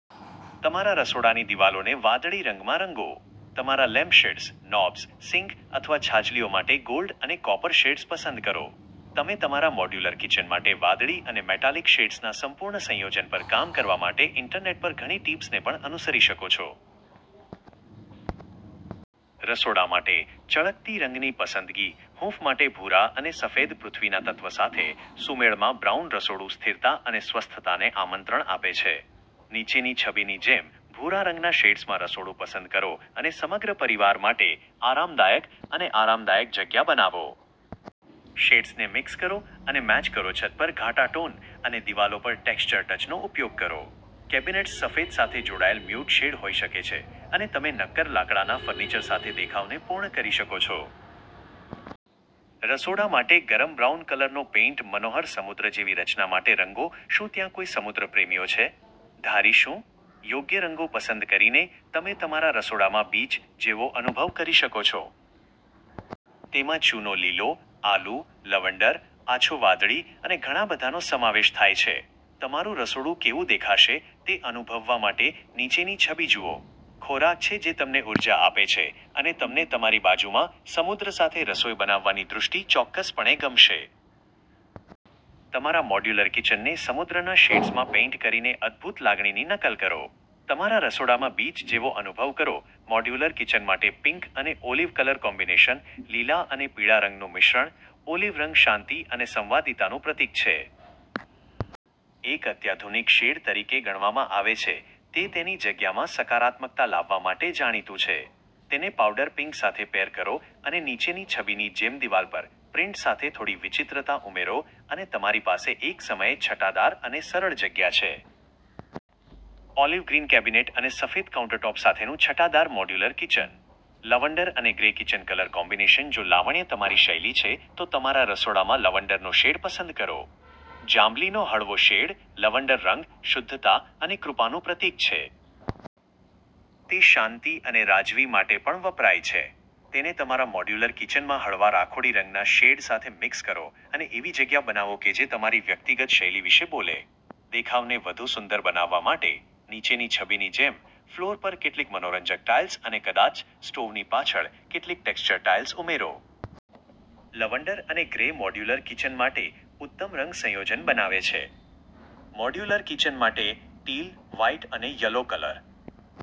તમારા રસોડાની દિવાલોને વાદળી રંગમાં રંગો. તમારા લેમ્પશેડ્સ, નોબ્સ, સિંક અથવા છાજલીઓ માટે ગોલ્ડ અને કોપર શેડ્સ પસંદ કરો. તમે તમારા મોડ્યુલર કિચન માટે વાદળી અને મેટાલિક શેડ્સના સંપૂર્ણ સંયોજન પર કામ કરવા માટે ઇન્ટરનેટ પર ઘણી ટીપ્સને પણ અનુસરી શકો છો. રસોડા માટે ચળકતી રંગની પસંદગી હૂંફ માટે ભૂરા અને સફેદ પૃથ્વીના તત્વ સાથે સુમેળમાં બ્રાઉન રસોડું સ્થિરતા અને સ્વસ્થતાને આમંત્રણ આપે છે. નીચેની છબીની જેમ, ભૂરા રંગના શેડ્સમાં રસોડું પસંદ કરો અને સમગ્ર પરિવાર માટે આરામદાયક અને આરામદાયક જગ્યા બનાવો. શેડ્સને મિક્સ કરો અને મેચ કરોછત પર ઘાટા ટોન અને દિવાલો પર ટેક્ષ્ચર ટચનો ઉપયોગ કરો. કેબિનેટ્સ સફેદ સાથે જોડાયેલ મ્યૂટ શેડ હોઈ શકે છે, અને તમે નક્કર લાકડાના ફર્નિચર સાથે દેખાવને પૂર્ણ કરી શકો છો. રસોડા માટે ગરમ બ્રાઉન કલરનો પેઇન્ટ મનોહર સમુદ્ર જેવી રચના માટે રંગો શું ત્યાં કોઈ સમુદ્ર પ્રેમીઓ છે? ધારી શું? યોગ્ય રંગો પસંદ કરીને તમે તમારા રસોડામાં બીચ જેવો અનુભવ કરી શકો છો. તેમાં ચૂનો લીલો, આલૂ, લવંડર, આછો વાદળી અને ઘણા બધાનો સમાવેશ થાય છે. તમારું રસોડું કેવું દેખાશે તે અનુભવવા માટે નીચેની છબી જુઓ. ખોરાકછે જે તમને ઉર્જા આપે છે, અને તમને તમારી બાજુમાં સમુદ્ર સાથે રસોઈ બનાવવાની દૃષ્ટિ ચોક્કસપણે ગમશે. તમારા મોડ્યુલર કિચનને સમુદ્રના શેડ્સમાં પેઇન્ટ કરીનેઅદ્ભુત લાગણીની નકલ કરો. તમારા રસોડામાં બીચ જેવો અનુભવ કરો મોડ્યુલર કિચન માટે પિંક અને ઓલિવ કલર કોમ્બિનેશન લીલા અને પીળા રંગનું મિશ્રણ, ઓલિવ રંગ શાંતિ અને સંવાદિતાનું પ્રતીક છે. એક અત્યાધુનિક શેડ તરીકે ગણવામાં આવે છે, તે તેની જગ્યામાં સકારાત્મકતા લાવવા માટે જાણીતું છે. તેને પાઉડર પિંક સાથે પેર કરો અને નીચેની છબીની જેમદિવાલ પર પ્રિન્ટ સાથે થોડી વિચિત્રતા ઉમેરો અને તમારી પાસે એકસમયે છટાદાર અને સરળ જગ્યા છે. ઓલિવ ગ્રીન કેબિનેટ અને સફેદ કાઉન્ટરટૉપ સાથેનું છટાદાર મોડ્યુલર કિચન. લવંડર અને ગ્રે કિચન કલર કોમ્બિનેશન જો લાવણ્ય તમારી શૈલી છે, તો તમારા રસોડામાં લવંડરનો શેડ પસંદ કરો. જાંબલીનો હળવો શેડ, લવંડર રંગ, શુદ્ધતા અને કૃપાનું પ્રતીક છે. તે શાંતિ અને રાજવી માટે પણ વપરાય છે. તેને તમારા મોડ્યુલર કિચનમાં હળવા રાખોડી રંગના શેડ સાથે મિક્સ કરો અને એવી જગ્યા બનાવો કે જે તમારી વ્યક્તિગત શૈલી વિશે બોલે. દેખાવને વધુ સુંદર બનાવવા માટે, નીચેની છબીની જેમ, ફ્લોર પર કેટલીક મનોરંજક ટાઇલ્સ અને કદાચ સ્ટોવની પાછળ કેટલીક ટેક્ષ્ચર ટાઇલ્સ ઉમેરો. લવંડર અને ગ્રે મોડ્યુલર કિચન માટે ઉત્તમ રંગ સંયોજન બનાવે છે. મોડ્યુલર કિચન માટે ટીલ, વ્હાઇટ અને યલો કલર